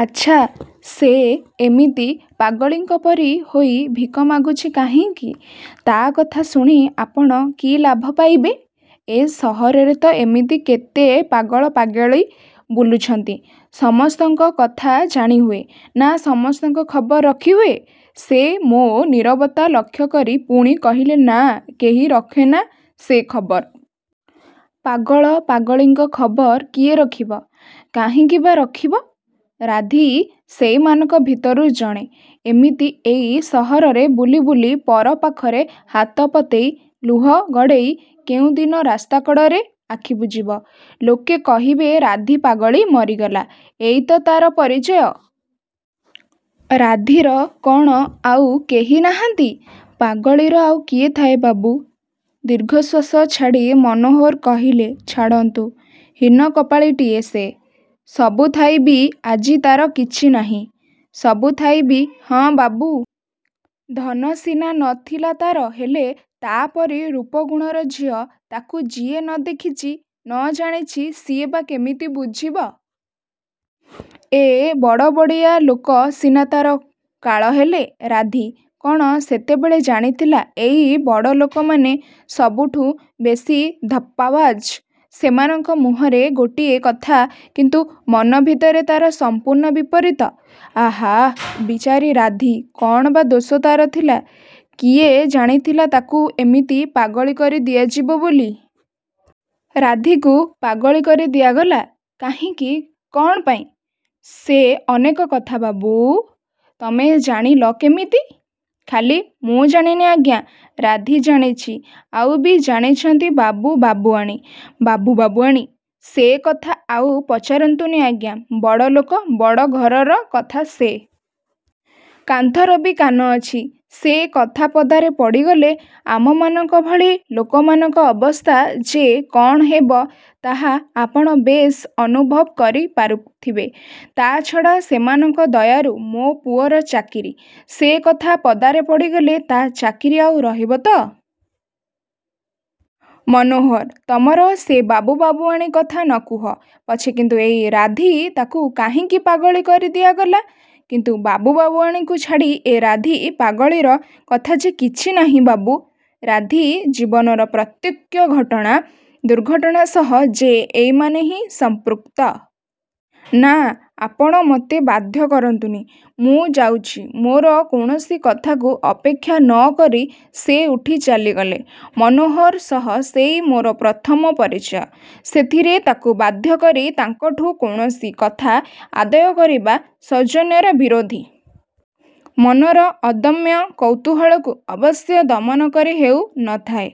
ଆଚ୍ଛା ସେ ଏମିତି ପାଗଳୀଙ୍କ ପରି ହୋଇ ଭିକ ମାଗୁଛି କାହିଁକି? ତା' କଥା ଶୁଣି ଆପଣ କି ଲାଭ ପାଇବେ? ଏ ସହରରେ ତ ଏମିତି କେତେ ପାଗଳ ପାଗଳୀ ବୁଲୁଛନ୍ତି। ସମସ୍ତଙ୍କ କଥା ଜାଣି ହୁଏ, ନା ସମସ୍ତଙ୍କ ଖବର ରଖିହୁଏ? ସେ ମୋ' ନିରବତା ଲକ୍ଷ୍ୟ କରି ପୁଣି କହିଲେ–ନା, କେହି ରଖେନା ସେ ଖବର। ପାଗଳ ପାଗଳୀଙ୍କ ଖବର କିଏ ରଖିବ? କାହିଁକି ବା ରଖିବ? ରାଧି ସେଇମାନଙ୍କ ଭିତରୁ ଜଣେ-। ଏମିତି ଏଇ ସହରରେ ବୁଲିବୁଲି ପର ପାଖରେ ହାତ ପତେଇ, ଲୁହ ଗଡ଼େଇ କେଉଁ ଦିନ ରାସ୍ତାକଡ଼ରେ ଆଖି ବୁଜିବ। ଲୋକେ କହିବେ–ରାଧି ପାଗଳୀ ମରିଗଲା। ଏଇ ତ ତା'ର ପରିଚୟ। ରାଧିର କ'ଣ ଆଉ କେହି ନାହାଁନ୍ତି? 'ପାଗଳୀର ଆଉ କିଏ ଥାଏ ବାବୁ?... ଦୀର୍ଘଶ୍ଵାସ ଛାଡ଼ି ମନୋହର କହିଲେ–' ଛାଡ଼ନ୍ତୁ... ହୀନକପାଳୀଟିଏ ସେ, ସବୁଥାଇ ବି ଆଜି ତା'ର କିଛି ନାହିଁ। ସବୁ ଥାଇ ବି? ହଁ ବାବୁ, ଧନ ସିନା ନ ଥିଲା ତା'ର ହେଲେ ତା'ପରି ରୂପଗୁଣର ଝିଅ–ତାକୁ ଯିଏ ନ ଦେଖିଛି, ନ ଜାଣିଛି ସିଏ ବା କିମିତି ବୁଝିବ? ଏ ବଡ଼ବଡ଼ିଆ ଲୋକ ସିନା ତା'ର କାଳ ହେଲେ। ରାଧି କ'ଣ ସେତେବେଳେ ଜାଣିଥିଲା ଏଇ ବଡ଼ଲୋକମାନେ ସବୁଠୁଁ ବେଶୀ ଧପ୍ପାବାଜ୍–ସେମାନଙ୍କ ମୁହଁରେ ଗୋଟିଏ କଥା, କିନ୍ତୁ ମନ ଭିତରେ ତା'ର ସମ୍ପୂର୍ଣ୍ଣ ବିପରୀତ। ଆହାଃ ବିଚାରୀ ରାଧି–କ'ଣ ବା ଦୋଷ ତା'ର ଥିଲା? କିଏ ଜାଣିଥିଲା ତାକୁ ଏମିତି ପାଗଳୀ କରି ଦିଆଯିବ ବୋଲି-! ରାଧିକୁ ପାଗଳୀ କରି ଦିଆଗଲା? କାହିଁକି, କ'ଣ ପାଇଁ? ସେ ଅନେକ କଥା ବାବୁ... ତମେ ଜାଣିଲ କେମିତି? ଖାଲି ମୁଁ ଜାଣିନି ଆଜ୍ଞା–ରାଧି ଜାଣିଛି, ଆଉ ବି ଜାଣିଛନ୍ତି ବାବୁ ବାବୁଆଣୀ। ବାବୁ ବାବୁଆଣୀ? ସେ କଥା ଆଉ ପଚାରନ୍ତୁନି ଆଜ୍ଞା। ବଡ଼ଲୋକ, ବଡ଼ ଘରର କଥା ସେ। କାନ୍ଥର ବି କାନ ଅଛି। ସେ କଥା ପଦାରେ ପଡ଼ିଗଲେ ଆମମାନଙ୍କ ଭଳି ଲୋକମାନଙ୍କ ଅବସ୍ଥା ଯେ କ'ଣ ହେବ ତାହା ଆପଣ ବେଶ୍ ଅନୁଭବ କରି ପାରୁଥିବେ। ତା'ଛଡ଼ା ସେମାନଙ୍କ ଦୟାରୁ ମୋ' ପୁଅର ଚାକିରି। ସେ କଥା ପଦାରେ ପଡ଼ିଗଲେ ତା' ଚାକିରି ଆଉ ରହିବ ତ? ମନୋହର, ତମର ସେ ବାବୁ ବାବୁଆଣୀ କଥା ନ କୁହ ପଛେ କିନ୍ତୁ ଏଇ ରାଧି... ତାକୁ କାହିଁକି ପାଗଳୀ କରି ଦିଆଗଲା? କିନ୍ତୁ ବାବୁ ବାବୁଆଣୀଙ୍କୁ ଛାଡ଼ି ଏ ରାଧି ପାଗଳୀର କଥା ଯେ କିଛି ନାହିଁ ବାବୁ। ରାଧି ଜୀବନର ପ୍ରତ୍ୟେକ ଘଟଣା ଦୁର୍ଘଟଣା ସହ ଯେ ଏଇମାନେ ହିଁ ସଂପୃକ୍ତ। ନା, ଆପଣ ମୋତେ ବାଧ୍ୟ କରନ୍ତୁନି। ମୁଁ ଯାଉଛି। ମୋର କୌଣସି କଥାକୁ ଅପେକ୍ଷା ନ କରି ସେ ଉଠି ଚାଲିଗଲେ। ମନୋହର ସହ ସେଇ ମୋର ପ୍ରଥମ ପରିଚୟ। ସେଥିରେ ତାକୁ ବାଧ୍ୟ କରି ତାଙ୍କଠୁ କୌଣସି କଥା ଆଦାୟ କରିବା ସୌଜନ୍ୟର ବିରୋଧୀ। ମନର ଅଦମ୍ୟ କୌତୂହଳକୁ ଅବଶ୍ୟ ଦମନ କରି ହେଉ ନଥାଏ।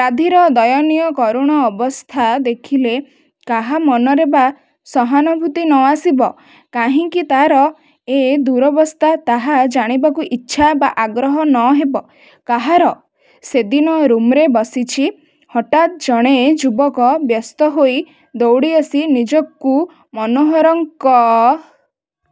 ରାଧିର ଦୟନୀୟ କରୁଣ ଅବସ୍ଥା ଦେଖିଲେ କାହା ମନରେ ବା ସହାନୁଭୂତି ନ ଆସିବ, କାହିଁକି ତା'ର ଏ ଦୂରବସ୍ଥା–ତାହା ଜାଣିବାକୁ ଇଚ୍ଛା ବା ଆଗ୍ରହ ନ ହେବ କାହାର? ସେଦିନ ରୁମ୍ରେ ବସିଛି। ହଠାତ୍ ଜଣେ ଯୁବକ ବ୍ୟସ୍ତ ହୋଇ ଦୌଡ଼ି ଆସି ନିଜକୁ ମନୋହରଙ୍କ